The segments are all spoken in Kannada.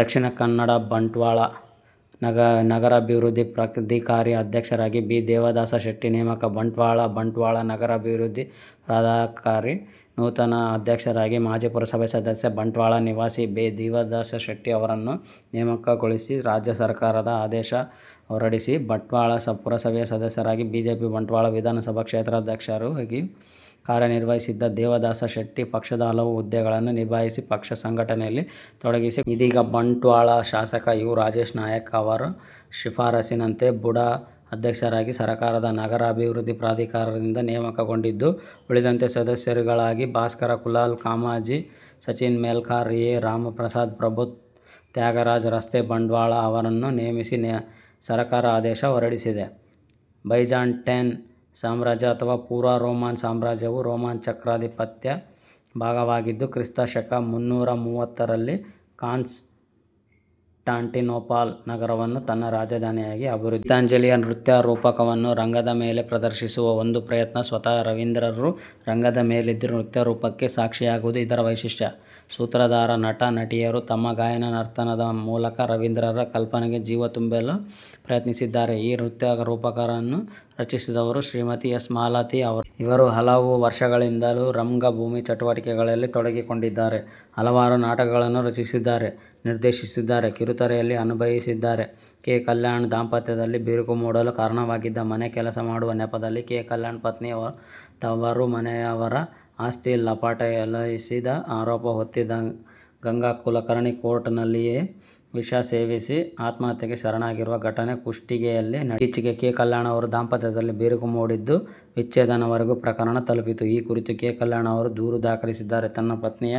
ದಕ್ಷಿಣ ಕನ್ನಡ ಬಂಟ್ವಾಳ ನಗರಾಭಿವೃದ್ದಿ ಪ್ರಾಧಿಕಾರ ಅಧ್ಯಕ್ಷರಾಗಿ ಬಿ. ದೇವದಾಸ ಶೆಟ್ಟಿ ನೇಮಕ ಬಂಟ್ವಾಳ: ಬಂಟ್ವಾಳ ನಗರಾಭಿವೃದ್ದಿ ಪ್ರಾಧಿಕಾರದ ನೂತನ ಅಧ್ಯಕ್ಷರಾಗಿ ಮಾಜಿ ಪುರಸಭಾ ಸದಸ್ಯ, ಬಂಟ್ವಾಳ ನಿವಾಸಿ ಬಿ ದೇವದಾಸ ಶೆಟ್ಟಿ ಅವರನ್ನು ನೇಮಕಗೊಳಿಸಿ ರಾಜ್ಯ ಸರಕಾರ ಆದೇಶ ಹೊರಡಿಸಿದೆ. ಬಂಟ್ವಾಳ ಪುರಸಭೆಯ ಸದಸ್ಯರಾಗಿ, ಬಿಜೆಪಿ ಬಂಟ್ವಾಳ ವಿಧಾನಸಭಾ ಕ್ಷೇತ್ರಾಧ್ಯಕ್ಷರಾಗಿಯೂ ಕಾರ್ಯ ನಿರ್ವಹಿಸಿದ್ದ ದೇವದಾಸ ಶೆಟ್ಟಿ ಪಕ್ಷದ ಹಲವು ಹುದ್ದೆಗಳನ್ನು ನಿಭಾಯಿಸಿ ಪಕ್ಷ ಸಂಘಟನೆಯಲ್ಲಿ ತೊಡಗಿಸಿಕೊಂಡಿದ್ದರು. ಇದೀಗ ಬಂಟ್ವಾಳ ಶಾಸಕ ಯು ರಾಜೇಶ್ ನಾಯಕ್ ಅವರ ಶಿಫಾರಸ್ಸಿನಂತೆ ಬುಡಾ ಅಧ್ಯಕ್ಷರಾಗಿ ಸರಕಾರದ ನಗರಾಭಿವೃದ್ದಿ ಪ್ರಾಧಿಕಾರದಿಂದ ನೇಮಕಗೊಂಡಿದ್ದು, ಉಳಿದಂತೆ ಸದಸ್ಯರುಗಳಾಗಿ ಭಾಸ್ಕರ ಕುಲಾಲ್ ಕಾಮಾಜೆ, ಸಚಿನ್ ಮೆಲ್ಕಾರ್, ಎ ರಾಮಪ್ರಸಾದ್ ಪ್ರಭು ತ್ಯಾಗರಾಜ ರಸ್ತೆ-ಬಂಟ್ವಾಳ ಅವರನ್ನು ನೇಮಿಸಿ ಸರಕಾರ ಆದೇಶ ಹೊರಡಿಸಿದೆ. ಬೈಜಾಂಟೈನ್ ಸಾಮ್ರಾಜ್ಯ ಅಥವಾ ಪೂರ್ವ ರೋಮನ್ ಸಾಮ್ರಾಜ್ಯವು, ರೋಮನ್ ಚಕ್ರಾಧಿಪತ್ಯದ ಭಾಗವಾಗಿದ್ದು, ಕ್ರಿಸ್ತ ಶಕ ಮುನ್ನೂರ ಮೂವತ್ತರಲ್ಲಿ ಕಾನ್ಸ್ ಟಾಂಟಿನೋಪಲ್ ನಗರವನ್ನು ತನ್ನ ರಾಜಧಾನಿಯಾಗಿ ಅಭಿವೃದ್ಧಿ ಪಡಿಸಿತು. ಗೀತಾಂಜಲಿಯ ನೃತ್ಯರೂಪಕವನ್ನು ರಂಗದ ಮೇಲೆ ಪ್ರದರ್ಶಿಸುವ ಒಂದು ಪ್ರಯತ್ನ ಸ್ವತಃ ರವೀಂದ್ರರು ರಂಗದ ಮೇಲಿದ್ದು ನೃತ್ಯ ರೂಪಕಕ್ಕೆ ಸಾಕ್ಷಿಯಾಗುವುದು ಇದರ ವೈಶಿಷ್ಟ್ಯ. ಸೂತ್ರಧಾರ, ನಟನಟಿಯರು ತಮ್ಮ ಗಾಯನ ನರ್ತನದ ಮೂಲಕ ರವೀಂದ್ರರ ಕಲ್ಪನೆಗೆ ಜೀವ ತುಂಬಲು ಪ್ರಯತ್ನಿಸಿದ್ದಾರೆ. ಈ ನೃತ್ಯರೂಪಕವನ್ನು ರಚಿಸಿದವರು ಶ್ರೀಮತಿ ಎಸ್. ಮಾಲತಿ ಅವರು. ಇವರು ಹಲವು ವರ್ಷಗಳಿಂದಲೂ ರಂಗಭೂಮಿ ಚಟುವಟಿಕೆಗಳಲ್ಲಿ ತೊಡಗಿಕೊಂಡಿದ್ದಾರೆ. ಹಲವಾರು ನಾಟಕಗಳನ್ನು ರಚಿಸಿದ್ದಾರೆ, ನಿರ್ದೇಶಿಸಿದ್ದಾರೆ, ಕಿರುತೆರೆಯಲ್ಲಿ ಅಭಿನಯಿಸಿದ್ದಾರೆ.: ಕೆ. ಕಲ್ಯಾಣ್ ದಾಂಪತ್ಯದಲ್ಲಿ ಬಿರುಕು ಮೂಡಲು ಕಾರಣವಾಗಿದ್ದ, ಮನೆ ಕೆಲಸ ಮಾಡುವ ನೆಪದಲ್ಲಿ ಕೆ. ಕಲ್ಯಾಣ್ ಪತ್ನಿ ತವರು ಮನೆಯವರ ಆಸ್ತಿ ಲಪಟಾಯಿಸಿದ ಆರೋಪ ಹೊತ್ತಿದ್ದ ಗಂಗಾ ಕುಲಕರ್ಣಿ ಕೋರ್ಟ್ ನಲ್ಲಿಯೇ ವಿಷ ಸೇವಿಸಿ ಆತ್ಮಹತ್ಯೆಗೆ ಶರಣಾಗಿರುವ ಘಟನೆ ಕುಷ್ಟಗಿಯಲ್ಲಿ ನಡೆದಿದೆ. ಇತ್ತೀಚೆಗೆ ಕೆ. ಕಲ್ಯಾಣ್ ಅವರ ದಾಂಪತ್ಯದಲ್ಲಿ ಬಿರುಕು ಮೂಡಿದ್ದು, ವಿಚ್ಛೇದನದವರೆಗೂ ಪ್ರಕರಣ ತಲುಪಿತ್ತು. ಈ ಕುರಿತು ಕೆ. ಕಲ್ಯಾಣ್ ಅವರು ದೂರು ದಾಖಲಿಸಿದ್ದರು. ತನ್ನ ಪತ್ನಿ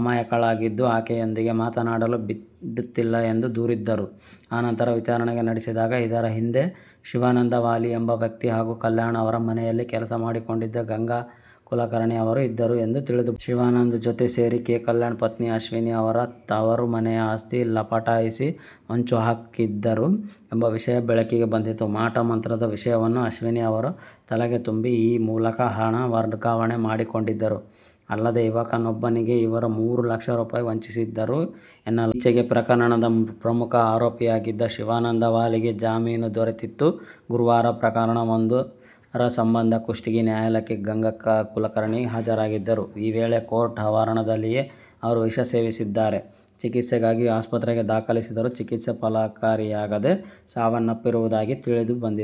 ಅಮಾಯಕಳಾಗಿದ್ದು, ಆಕೆಯೊಂದಿಗೆ ಮಾತನಾಡಲೂ ಬಿಡುತ್ತಿಲ್ಲ ಎಂದು ದೂರಿದ್ದರು. ಆ ನಂತರ ವಿಚಾರಣೆ ನಡೆಸಿದಾಗ, ಇದರ ಹಿಂದೆ ಶಿವಾನಂದ ವಾಲಿ ಎಂಬ ವ್ಯಕ್ತಿ ಹಾಗೂ ಕಲ್ಯಾಣ್ ಅವರ ಮನೆಯಲ್ಲಿ ಕೆಲಸ ಮಾಡಿಕೊಂಡಿದ್ದ ಗಂಗಾ ಕುಲಕರ್ಣಿ ಅವರು ಇದ್ದರು ಎಂದು ತಿಳಿದುಬಂದಿತ್ತು. ಶಿವಾನಂದ ಜೊತೆ ಸೇರಿ ಕೆ. ಕಲ್ಯಾಣ್ ಪತ್ನಿ ಅಶ್ವಿನಿ ಅವರ ತವರು ಮನೆಯ ಆಸ್ತಿ ಲಪಟಾಯಿಸಲು ಹೊಂಚು ಹಾಕಿದ್ದರು ಎಂಬ ವಿಷಯ ಬೆಳಕಿಗೆ ಬಂದಿತ್ತು. ಮಾಟ ಮಂತ್ರದ ವಿಷಯವನ್ನು ಅಶ್ವಿನಿ ಅವರ ತಲೆಗೆ ತುಂಬಿ ಈ ಮೂಲಕ ಹಣ ವರ್ಗಾವಣೆ ಮಾಡಿಕೊಂಡಿದ್ದರು, ಅಲ್ಲದೇ ಯುವಕನೊಬ್ಬನಿಗೂ ಇವರು ಮೂರು ಲಕ್ಷ ರೂಪಾಯಿ ವಂಚಿಸಿದ್ದರು ಎನ್ನಲಾಗಿದೆ. ಈಚೆಗೆ ಪ್ರಕರಣದ ಪ್ರಮುಖ ಆರೋಪಿಯಾಗಿದ್ದ ಶಿವಾನಂದ ವಾಲಿಗೆ ಜಾಮೀನು ದೊರೆತಿತ್ತು. ಗುರುವಾರ ಪ್ರಕರಣವೊಂದರ ಸಂಬಂಧ ಕುಷ್ಟಗಿ ನ್ಯಾಯಾಲಯಕ್ಕೆ ಗಂಗಾ ಕುಲಕರ್ಣಿ ಹಾಜರಾಗಿದ್ದರು. ಈ ವೇಳೆ ಕೋರ್ಟ್ ಆವರಣದಲ್ಲಿಯೇ ಅವರು ವಿಷ ಸೇವಿಸಿದ್ದಾರೆ. ಚಿಕಿತ್ಸೆಗಾಗಿ ಆಸ್ಪತ್ರೆಗೆ ದಾಖಲಿಸಿದರೂ ಚಿಕಿತ್ಸೆ ಫಲಕಾರಿಯಾಗದೇ ಸಾವನ್ನಪ್ಪಿರುವುದಾಗಿ ತಿಳಿದುಬಂದಿದೆ.